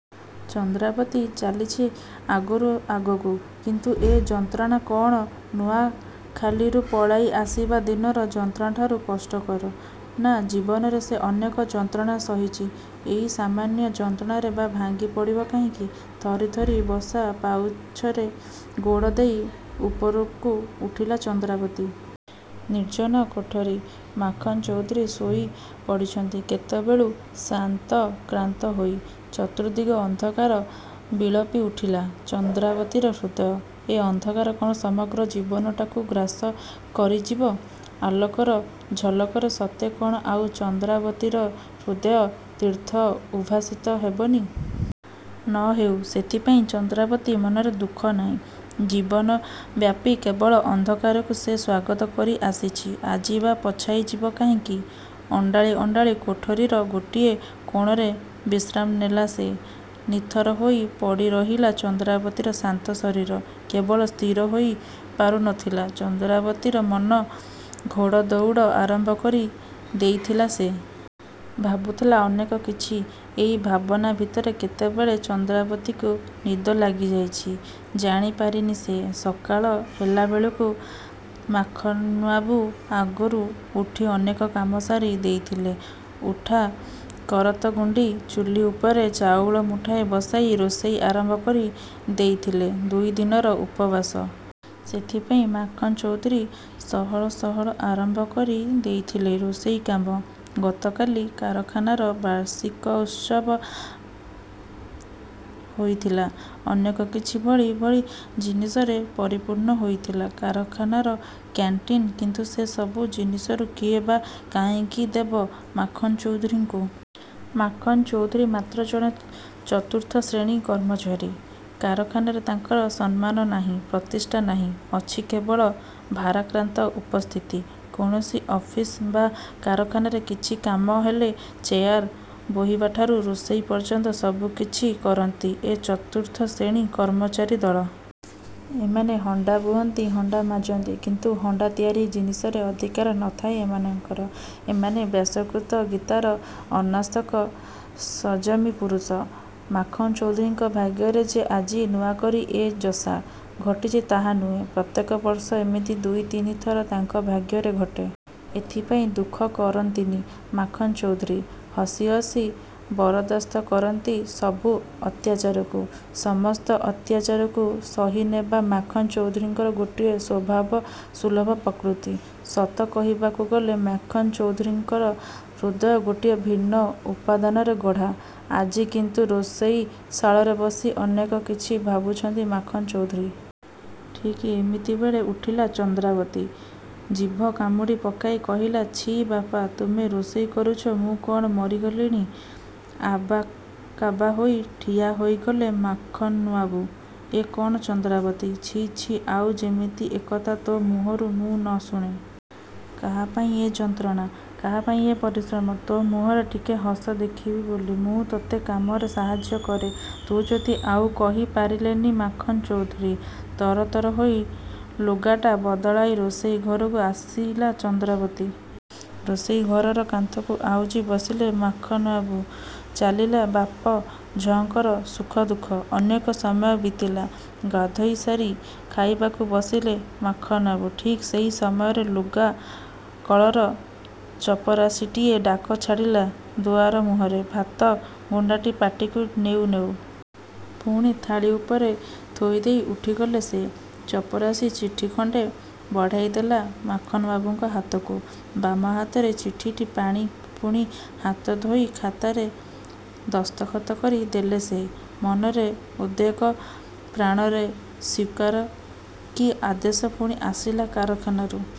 ଚନ୍ଦ୍ରାବତୀ ଚାଲିଛି ଆଗରୁ ଆଗକୁ। କିନ୍ତୁ ଏ ଯନ୍ତ୍ରଣା କ'ଣ ନୂଆଖାଲିରୁ ପଳାଇ ଆସିବା ଦିନର ଯନ୍ତ୍ରଣାଠାରୁ କଷ୍ଟକର। ନାଁ...। ଜୀବନରେ ସେ ଅନେକ ଯନ୍ତ୍ରଣା ସହିଛି। ଏଇ ସାମାନ୍ୟ ଯନ୍ତ୍ରଣାରେ ବା ଭାଙ୍ଗି ପଡ଼ିବ କାହିଁକି? ଥରି ଥରି ବସା ପାଉଛରେ ଗୋଡ଼ ଦେଇ ଉପରକୁ ଉଠିଲା ଚନ୍ଦ୍ରାବତୀ। ନିର୍ଜନ କୋଠରୀ। ମାଖନ୍ ଚୌଧୁରୀ ଶୋଇ ପଡ଼ିଛନ୍ତି କେତେବେଳୁ ଶ୍ରାନ୍ତ କ୍ଲାନ୍ତ ହୋଇ। ଚତୁର୍ଦିଗ ଅନ୍ଧକାର, ବିଳପି ଉଠିଲା ଚନ୍ଦ୍ରାବତୀର ହୃଦୟ। ଏ ଅନ୍ଧକାର କ'ଣ ସମଗ୍ର ଜୀବନଟାକୁ ଗ୍ରାସ କରିଯିବ? ଆଲୋକର ଝଲକରେ ସତେ କ'ଣ ଆଉ ଚନ୍ଦ୍ରାବତୀର ହୃଦୟ ତୀର୍ଥ ଉଦ୍ଭାସିତ ହେବନି!! ନ ହେଉ—ସେଥିପାଇଁ ଚନ୍ଦ୍ରାବତୀ ମନରେ ଦୁଃଖ ନାହିଁ। ଜୀବନବ୍ୟାପୀ କେବଳ ଅନ୍ଧକାରକୁ ସେ ସ୍ୱାଗତ କରି ଆସିଛି... ଆଜି ବା ପଛାଇ ଯିବ କାହିଁକି? ଅଣ୍ଡାଳି ଅଣ୍ତାଳି କୋଠରୀର ଗୋଟିଏ କୋଣରେ ବିଶ୍ରାମ ନେଲା ସେ...। ନିଥର ହୋଇ ପଡ଼ିରହିଲା ଚନ୍ଦ୍ରାବତୀର ଶ୍ରାନ୍ତ ଶରୀର। କେବଳ ସ୍ଥିର ହୋଇ ପାରୁ ନଥିଲା ଚନ୍ଦ୍ରାବତୀର ମନ, ଘୋଡ଼ଦଉଡ଼ ଆରମ୍ଭ କରି ଦେଇଥିଲା ସେ। ଭାବୁଥିଲା ଅନେକ କିଛି ଏଇ ଭାବନା ଭିତରେ କେତେବେଳେ ଚନ୍ଦ୍ରାବତୀକୁ ନିଦ ଲାଗିଯାଇଛି–––ଜାଣି ପାରିନି ସେ। ସକାଳ ହେଲାବେଳକୁ ମାଖନ୍ବାବୁ ଆଗରୁ ଉଠି ଅନେକ କାମ ସାରି ଦେଇଥିଲେ। ଉଠା କରତଗୁଣ୍ଡି ଚୁଲୀ ଉପରେ ଚାଉଳ ମୁଠାଏ ବସାଇ ରୋଷେଇ ଆରମ୍ଭ କରି ଦେଇଥିଲେ। ଦୁଇ ଦିନର ଉପବାସ। ସେଇଥିପାଇଁ ମାଖନ୍ ଚୌଧୁରୀ ସହଳ ସହଳ ଆରମ୍ଭ କରି ଦେଇଥିଲେ ରୋଷେଇ କାମ। ଗତକାଲି କାରଖାନାର ବାର୍ଷିକୋତ୍ସବ ହୋଇଥିଲା। ଅନେକ କିଛି ଭଳି ଭଳି ଜିନିଷରେ ପରିପୂର୍ଣ୍ଣ ହୋଇଥିଲା କାରଖାନାର କ୍ୟାଣ୍ଟିନ୍। କିନ୍ତୁ ସେ ସବୁ ଜିନିଷରୁ କିଏ ବା କାହିଁକି ଦେବ ମାଖନ୍ ଚୌଧୁରୀଙ୍କୁ। ମାଖନ୍ ଚୌଧୁରୀ ମାତ୍ର ଜଣେ ଚତୁର୍ଥ ଶ୍ରେଣୀ କର୍ମଚାରୀ। କାରଖାନାରେ ତାଙ୍କର ସମ୍ମାନ ନାହିଁ ପ୍ରତିଷ୍ଠା ନାହିଁ.. ଅଛି କେବଳ ଭାରାକ୍ରାନ୍ତ ଉପସ୍ଥିତି। କୌଣସି ଅଫିସ ବା କାରଖାନାରେ କିଛି କାମ ହେଲେ ଚେୟାର ବୋହିବାଠାରୁ ରୋଷଇ ପର୍ଯ୍ୟନ୍ତ ସବୁ କିଛି କରନ୍ତି ଏ ଚତୁର୍ଥ ଶ୍ରେଣୀ କର୍ମଚାରୀ ଦଳ। ଏମାନେ ହଣ୍ଡା ବୁହନ୍ତି... ହଣ୍ଡା ମାଜନ୍ତି—କିନ୍ତୁ ହଣ୍ଡା ତିଆରି ଜିନିଷରେ ଅଧିକାର ନ ଥାଏ ଏମାନଙ୍କର। ଏମାନେ ବ୍ୟାସକୃତ ଗୀତାର ଅନାସକ୍ତ ସଂଯମୀ ପୁରୁଷ। ମାଖନ ଚୌଧୁରୀଙ୍କ ଭାଗ୍ୟରେ ଯେ ଆଜି ନୂଆକରି ଏ ଯଶା। ଘଟିଛି ତାହା ନୁହେଁ... ପ୍ରତ୍ୟେକ ବର୍ଷ ଏମିତି ଦୁଇ ତିନି ଥର ତାଙ୍କ ଭାଗ୍ୟରେ ଘଟେ। ଏଥିପାଇଁ ଦୁଃଖ କରନ୍ତିନି ମାଖନ୍ ଚୌଧୁରୀ। ହସି ହସି ବରଦାସ୍ତ କରନ୍ତି ସବୁ ଅତ୍ୟାଚାରକୁ। ସମସ୍ତ ଅତ୍ୟାଚାରକୁ ସହିନେବା ମାଖନ୍ ଚୌଧୁରୀଙ୍କର ଗୋଟିଏ ସ୍ୱଭାବ ସୁଲଭ ପ୍ରକୃତି। ସତ କହିବାକୁ ଗଲେ ମାଖନ୍ ଚୌଧୁରୀଙ୍କର ହୃଦୟ ଗୋଟିଏ ଭିନ୍ନ ଉପାଦାନରେ ଗଢ଼ା-। ଆଜି କିନ୍ତୁ ରୋଷେଇ ଶାଳରେ ବସି ଅନେକ କିଛି ଭାବୁଛନ୍ତି ମାଖନ୍ ଚୌଧୁରୀ। ଠିକ୍ ଏମିତିବେଳେ ଉଠିଲା ଚନ୍ଦ୍ରାବତୀ। ଜିଭ କାମୁଡ଼ି ପକାଇ କହିଲା—''ଛି ବାପା! ତୁମେ ରୋଷେଇ କରୁଛ... ମୁଁ କ'ଣ ମରିଗଲିଣି? '' ଆବାକାବା ହୋଇ ଠିଆ ହୋଇଗଲେ ମାଖନ୍ବାବୁ। ''ଏ କ'ଣ ଚନ୍ଦ୍ରାବତୀ? ଛି... ଛି... ଆଉ ଯେମିତି ଏକଥା ତୋ ମୁହଁରୁ ମୁଁ ନ ଶୁଣେ। କାହାପାଇଁ ଏ ଯନ୍ତ୍ରଣା? କାହାପାଇଁ ଏ ପରିଶ୍ରମ? ତୋ ମୁହଁରେ ଟିକେ ହସ ଦେଖିବି ବୋଲି ମୁଁ ତୋତେ କାମରେ ସାହାଯ୍ୟ କରେ। ତୁ ଯଦି '' ଆଉ କହି ପାରିଲେନି ମାଖନ୍ ଚୌଧୁରୀ। ତରତର ହୋଇ ଲୁଗାଟା ବଦଳାଇ ରୋଷେଇ ଘରକୁ ଆସିଲା ଚନ୍ଦ୍ରାବତୀ। ରୋଷେଇ ଘରର କାନ୍ଥକୁ ଆଉଜି ବସିଲେ ମାଖନ୍ବାବୁ, ଚାଲିଲା ବାପ ଝଅଙ୍କର ସୁଖ ଦୁଃଖ ଅନେକ ସମୟ ବିତିଲା। ଗାଧୋଇସାରି ଖାଇବାକୁ ବସିଲେ ମାଖନ୍ବାବୁ। ଠିକ୍ ସେହି ସମୟରେ ଲୁଗା କଳର ଚପରାଶିଟିଏ ଡାକ ଛାଡ଼ିଲା ଦୁଆର ମୁହଁରେ। ଭାତ ଗୁଣ୍ଡାଟି ପାଟିକୁ ନେଉ ନେଉ... ପୁଣି ଥାଳି ଉପରେ ଥୋଇଦେଇ ଉଠିଗଲେ ସେ-। ଚପରାଶି ଚିଠି ଖଣ୍ଡେ ବଢ଼ାଇ ଦେଲା ମାଖନ୍ବାବୁଙ୍କ ହାତକୁ। ବାମ ହାତରେ ଚିଠିଟି ଆଣି ପୁଣି ହାତ ଧୋଇ ଖାତାରେ ଦସ୍ତଖତ କରି ଦେଲେ ସେ। ମନରେ ଉଦ୍ବେଗ... ପ୍ରାଣରେ ଶୀତ୍କାର କି ଆଦେଶ ପୁଣି ଆସିଲା କାରଖାନାରୁ।